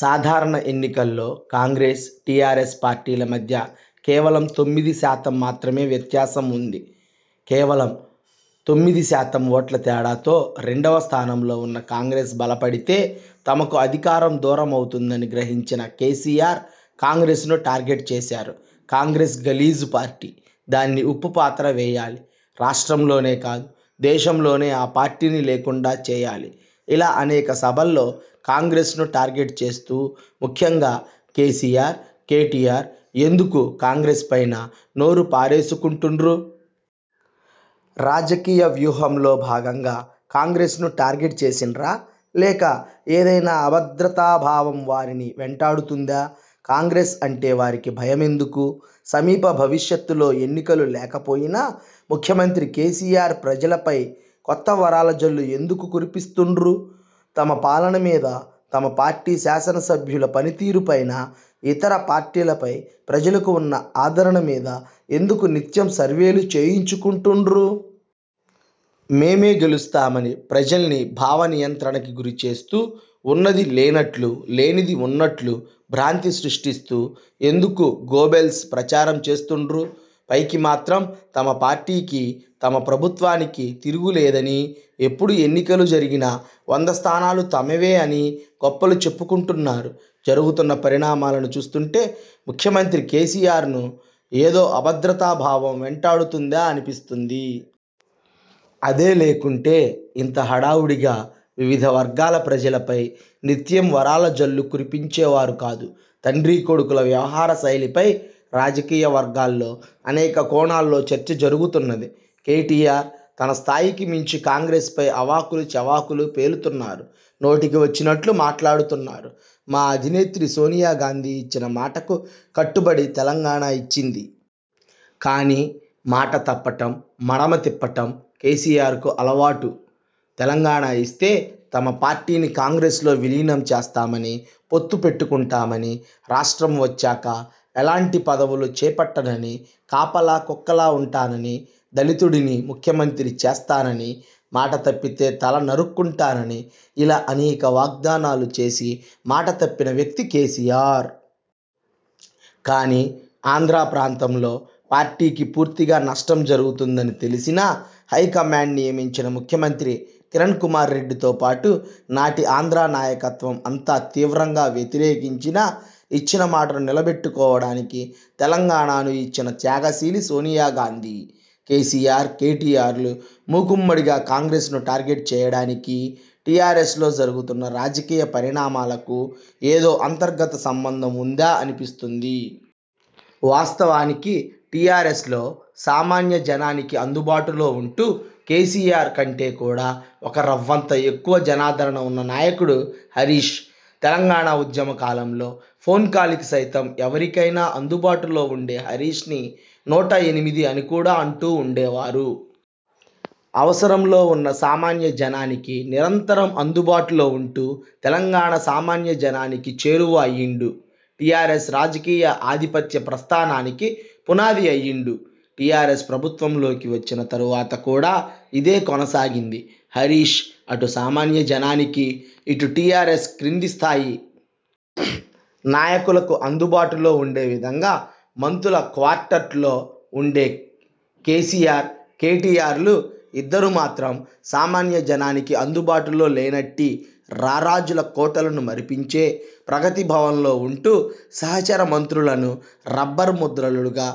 సాధారణ ఎన్నికల్లో కాంగ్రెస్, టీఆర్ఎస్ పార్టీల మధ్య కేవలం తొమ్మిది శాతం మాత్రమే వ్యత్యాసం ఉంది. కేవలం తొమ్మిది శాతం ఓట్ల తేడాతో రెండవ స్థానంలో ఉన్న కాంగ్రెస్ బలపడితే తమకు అధికారం దూరమవుతుందని గ్రహించిన కేసీఆర్ కాంగ్రెస్ ను టార్గెట్ చేశారు. 'కాంగ్రెస్ గలీజు పార్టీ, దానిని ఉప్పు పాతర వేయాలి, రాష్ట్రంలోనే కాదు దేశంలోనే ఆపార్టీని లేకుండా చేయాలి' ఇలా అనేక సభల్లో కాంగ్రెస్ ను టార్గెట్ చేస్తూ, ముఖ్యంగా కేసీఆర్, కేటీఆర్ ఎందుకు కాంగ్రెస్ పైన నోరు పారేసుకుంటుండ్రు. రాజకీయ వ్యూహంలో భాగంగా కాంగ్రెస్ ను టార్గెట్ చేసిండ్రా? లేక ఏదైనా అభద్రతాభావం వారిని వెంటాడుతుందా? కాంగ్రెస్ అంటే వారికి భయమెందుకు? సమీప భవిష్యత్తులో ఎన్నికలు లేకపోయినా ముఖ్య మంత్రి కేసీఆర్ ప్రజలపై కొత్త వరాల జల్లు ఎందుకు కురిపిస్తుండ్రు? తన పాలన మీద, తమ పార్టీ శాసనసభ్యుల పనితీరుపైనా, ఇతర పార్టీలపై ప్రజలకు ఉన్న ఆదరణ మీద ఎందుకు నిత్యం సర్వేలు చేయించుకుంటుండ్రు? మేమే గెలుస్తామని ప్రజల్ని భావ నియంత్రణకి గురిచేస్తూ, ఉన్నది లేనట్లు, లేనిది ఉన్నట్లు, భ్రాంతి సృష్టిస్తూ ఎందుకు గోబెల్స్ ప్రచారం చేస్తుండ్రు? పైకి మాత్రం తమ పార్టీకీ, తమ ప్రభుత్వానికి తిరుగులేదనీ, ఎప్పుడు ఎన్నికలు జరిగినా వంద స్థానాలు తమవే అనీ గొప్పలు చెప్పుకుంటున్నారు. జరుగుతున్న పరిణామాలను చూస్తుంటే ముఖ్యమంత్రి కేసీఆర్ ను ఏదో అభద్రతాభావం వెంటాడుతుందా అనిపిస్తుంది. అదే లేకుంటే, ఇంత హడావుడిగా వివిధ వర్గాల ప్రజలపై నిత్యం వరాలజల్లు కురిపించేవారు కాదు. తండ్రీ కొడుకుల వ్యవహారశైలిపై రాజకీయ వర్గాల్లో అనేక కోణాల్లో చర్చ జరుగుతున్నది. కేటీఆర్ తన స్థాయికి మించి కాంగ్రెస్ పై అవాకులు చెవాకులు పేలుతున్నారు. నోటికి వచ్చినట్లు మాట్లాడుతున్నారు. మా అధినేత్రి సోనియా గాంధీ ఇచ్చిన మాటకు కట్టుబడి తెలంగాణ ఇచ్చింది. కానీ మాట తప్పడం, మడమ తిప్పడం కేసీఆర్ కు అలవాటు. తెలంగాణ ఇస్తే తమ పార్టీనీ కాంగ్రెస్ లో విలీనం చేస్తానని, పొత్తు పెట్టకుంటామని, రాష్ట్రం వచ్చాక ఎలాంటి పదవులు చేపట్టనని కాపలా కుక్కలా ఉంటానని, దళితుడిని ముఖ్యమంత్రి చేస్తానని, మాట తప్పితే తల నరక్కుంటానని ఇలా అనేక వాగ్దానాలు చేసి మాట తప్పిన వ్యక్తి కేసీఆర్. కానీ ఆంధ్ర ప్రాంతంలో పార్టీకి పూర్తిగా నష్టం జరుగుతుందని తెలిసినా, హైకమాండ్ నియమించిన ముఖ్యమంత్రి కిరణ్ కుమార్ రెడ్డితో పాటు నాటి ఆంధ్ర నాయకత్వం అంతా తీవ్రంగా వ్యతిరేకించినా, ఇచ్చిన మాటను నిలబెట్టుకోవడానికి తెలంగాణను ఇచ్చిన త్యాగశీలి సోనియాగాంధీ. కేసీఆర్, కేటీఆర్లు మూకుమ్మడిగా కాంగ్రెస్ ను టార్గెట్ చేయడానికీ, టీఆర్ఎస్ లో జరుగుతున్న రాజకీయ పరిణామాలకూ ఏదో అంతర్గత సంబంధం ఉందా అనిపిస్తుంది. వాస్తవానికి టీఆర్ఎస్ లో, సామాన్య జనానికి అందుబాటులో ఉంటూ, కేసీఆర్ కంటే కూడా ఒక రవ్వంత ఎక్కువ జనాదరణ ఉన్న నాయకుడు హరీశ్. తెలంగాణ ఉద్యమకాలంలో, ఫోన్ కాల్ కి సైతం ఎవరికైనా అందుబాటులో ఉండే హరీశ్ ని 'నూట ఎనిమిది ' అని కూడా అంటూవుండేవారు. అవసరంలో ఉన్న సామాన్య జనానికి నిరంతరం అందుబాటులో ఉంటూ, తెలంగాణ సామాన్య జనానికి చేరువ అయ్యిండు. టీఆర్ఎస్ రాజకీయ ఆధిపత్య ప్రస్థానానికి పునాది అయ్యిండు. టీఆర్ఎస్ ప్రభుత్వంలోకి వచ్చిన తరువాత కూడా ఇదే కొనసాగింది. హరీశ్, అటు సామాన్య జనానికి, ఇటు టీఆర్ఎస్ క్రింది స్థాయి నాయకులకు అందుబాటులో ఉండేవిధంగా మంత్రుల క్వార్టర్ట్లో ఉంటే, కేసీఆర్, కేటీఆర్లు ఇద్దరు మాత్రం సామాన్య జనానికి అందుబాటులో లేనట్టి, రారాజుల కోటలను మరిపించే, ప్రగతి భవన్లో ఉంటూ, సహచర మంత్రులను రబ్బర్ ముద్రలుగా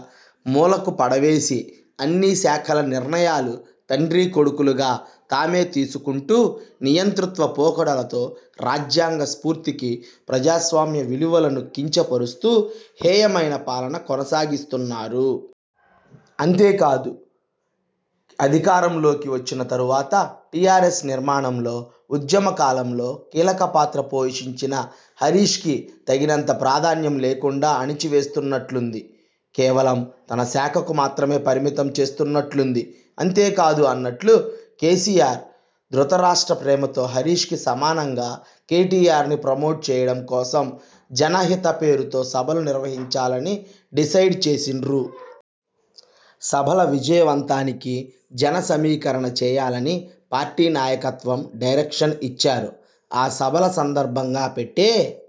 మూలకు పడవేసి, అన్ని శాఖల నిర్ణయాలు తండ్రి కొడుకులుగా తామే తీసుకుంటూ, నియంతృత్వ పోకడలతో రాజ్యాంగ స్ఫూర్తికి, ప్రజాస్వామ్య విలువలను కించపరుస్తూ, హేయమైన పాలన కొనసాగిస్తున్నారు. అంతేకాదు, అధికారంలోకి వచ్చిన తరువాత, టీఆర్ఎస్ నిర్మాణంలో, ఉద్యమ కాలంలో కీలక పాత్ర పోషించిన హరీశ్ కి తగినంత ప్రాధాన్యం లేకుండా అణచివేస్తున్నట్లుంది. కేవలం తన శాఖకు మాత్రమే పరిమితం చేస్తున్నట్లుంది. అంతేకాదు, అన్నట్లు, కేసీఆర్ ధృతరాష్ట్ర ప్రేమతో హరీశ్ కి సమానంగా కేటీఆర్ ని ప్రమోట్ చేయడం కోసం జనహిత పేరుతో సభలు నిర్వహించాలని డిసైడ్ చేసిండ్రు. సభల విజయవంతానికి, జన సమీకరణ చేయాలని పార్టీ నాయకత్వం డైరెక్షన్ ఇచ్చారు. ఆ సభల సందర్భంగా పెట్టే